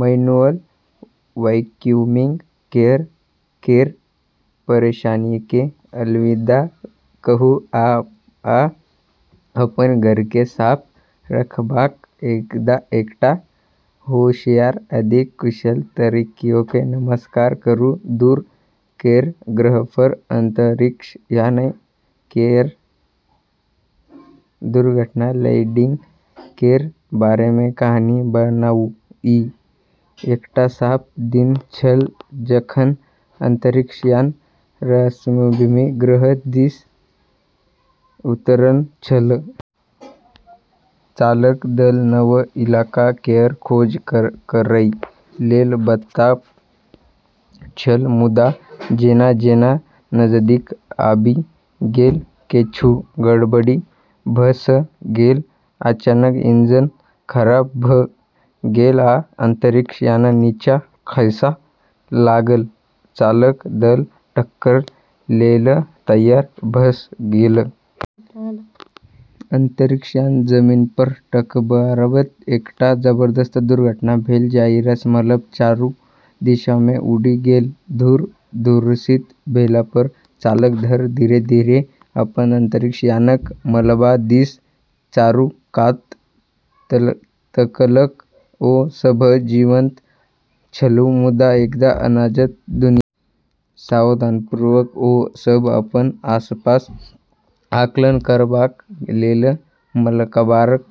Manual vacuuming केर परेशानीकेँ अलविदा कहू आ अपन घरकेँ साफ रखबाक एकटा होशियार, अधिक कुशल तरीकाकेँ नमस्कार करू। दूर केर ग्रहपर अंतरिक्ष यान केर दुर्घटना-लैंडिंग केर बारेमे कहानी बनाउ। ई एकटा साफ दिन छल जखन अंतरिक्ष यान रहस्यमयी ग्रह दिस उतरल छल। चालक दल नव इलाका केर खोज करै लेल बेताब छल, मुदा जेना-जेना नजदीक आबि गेल, किछु गड़बड़ी भऽ गेल। अचानक इंजन खराब भऽ गेल आ अंतरिक्ष यान नीचाँ खसै लागल। चालक दल टक्कर लेल तैयार भऽ गेल। अंतरिक्ष यान जमीनपर टकराबैत एकटा जबरदस्त दुर्घटना भेल, जाहिसँ मलबा चारू दिशामे उड़ि गेल। धूल-धूसरित भेलापर चालक दल धीरे-धीरे अपन अंतरिक्ष यानक मलबा दिस चारू कात तकलक। ओ सभ जीवित छल, मुदा एकटा अनजान दुनियामे फंसल छल। सावधानीपूर्वक ओ सब अपन आसपासक आकलन करबाक लेल मलबारक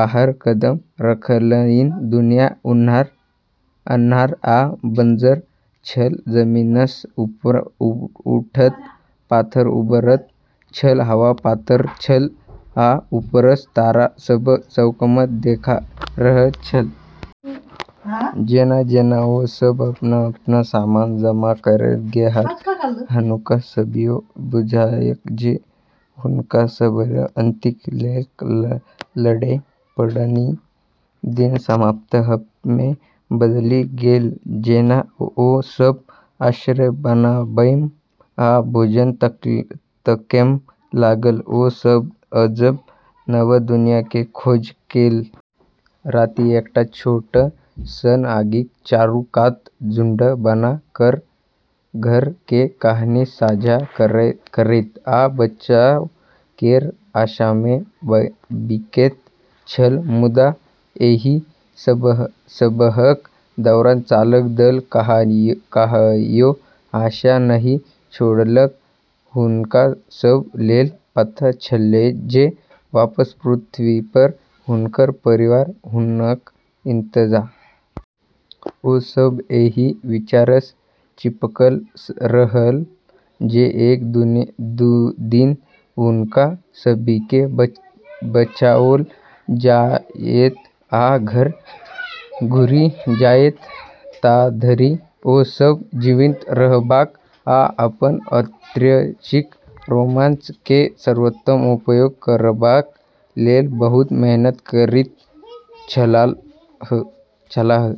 बाहर कदम रखलनि। दुनिया अन्हार आ बंजर छल, जमीनसँ ऊपर उठैत पाथर उभरैत छल। हवा पातर छल आ ऊपरसँ तारा सभ चमकैत देखा रहल छल। जेना-जेना ओ सभ अपन-अपन सामान जमा करैत गेलाह, हुनका सभकेँ बुझायल जे हुनका सभकेँ अस्तित्व लेल लड़ै पड़तनि। दिन सप्ताहमे बदलि गेल जेना ओ सब आश्रय बनाबैमे आ भोजन तकैमे लागल। ओ सब अजीब नव दुनिया केर खोज केलक, नव प्रजाति सभक खोज केलक आ कठोर इलाकामे जीबै लेल संघर्ष केलक। राति एकटा छोट सन आगिक चारू कात झुंड बना कऽ घर केर कहानी साझा करैत आ बचाव केर आशामे बीतैत छल। मुदा एहि सबहक दौरान चालक दल कहियो आशा नहि छोड़लक। हुनका सब लेल पता छलै जे वापस पृथ्वीपर हुनक परिवार हुनक इंतजार कऽ रहल छै। ओ सभ एहि विचारसँ चिपकल रहल जे एक दिन हुनका सभकेँ बचाओल जाएत आ घर घुरि जाएत। ताधरि ओ सब जीवित रहबाक आ अपन अप्रत्याशित रोमांच केर सर्वोत्तम उपयोग करबाक लेल बहुत मेहनत करैत छलाह।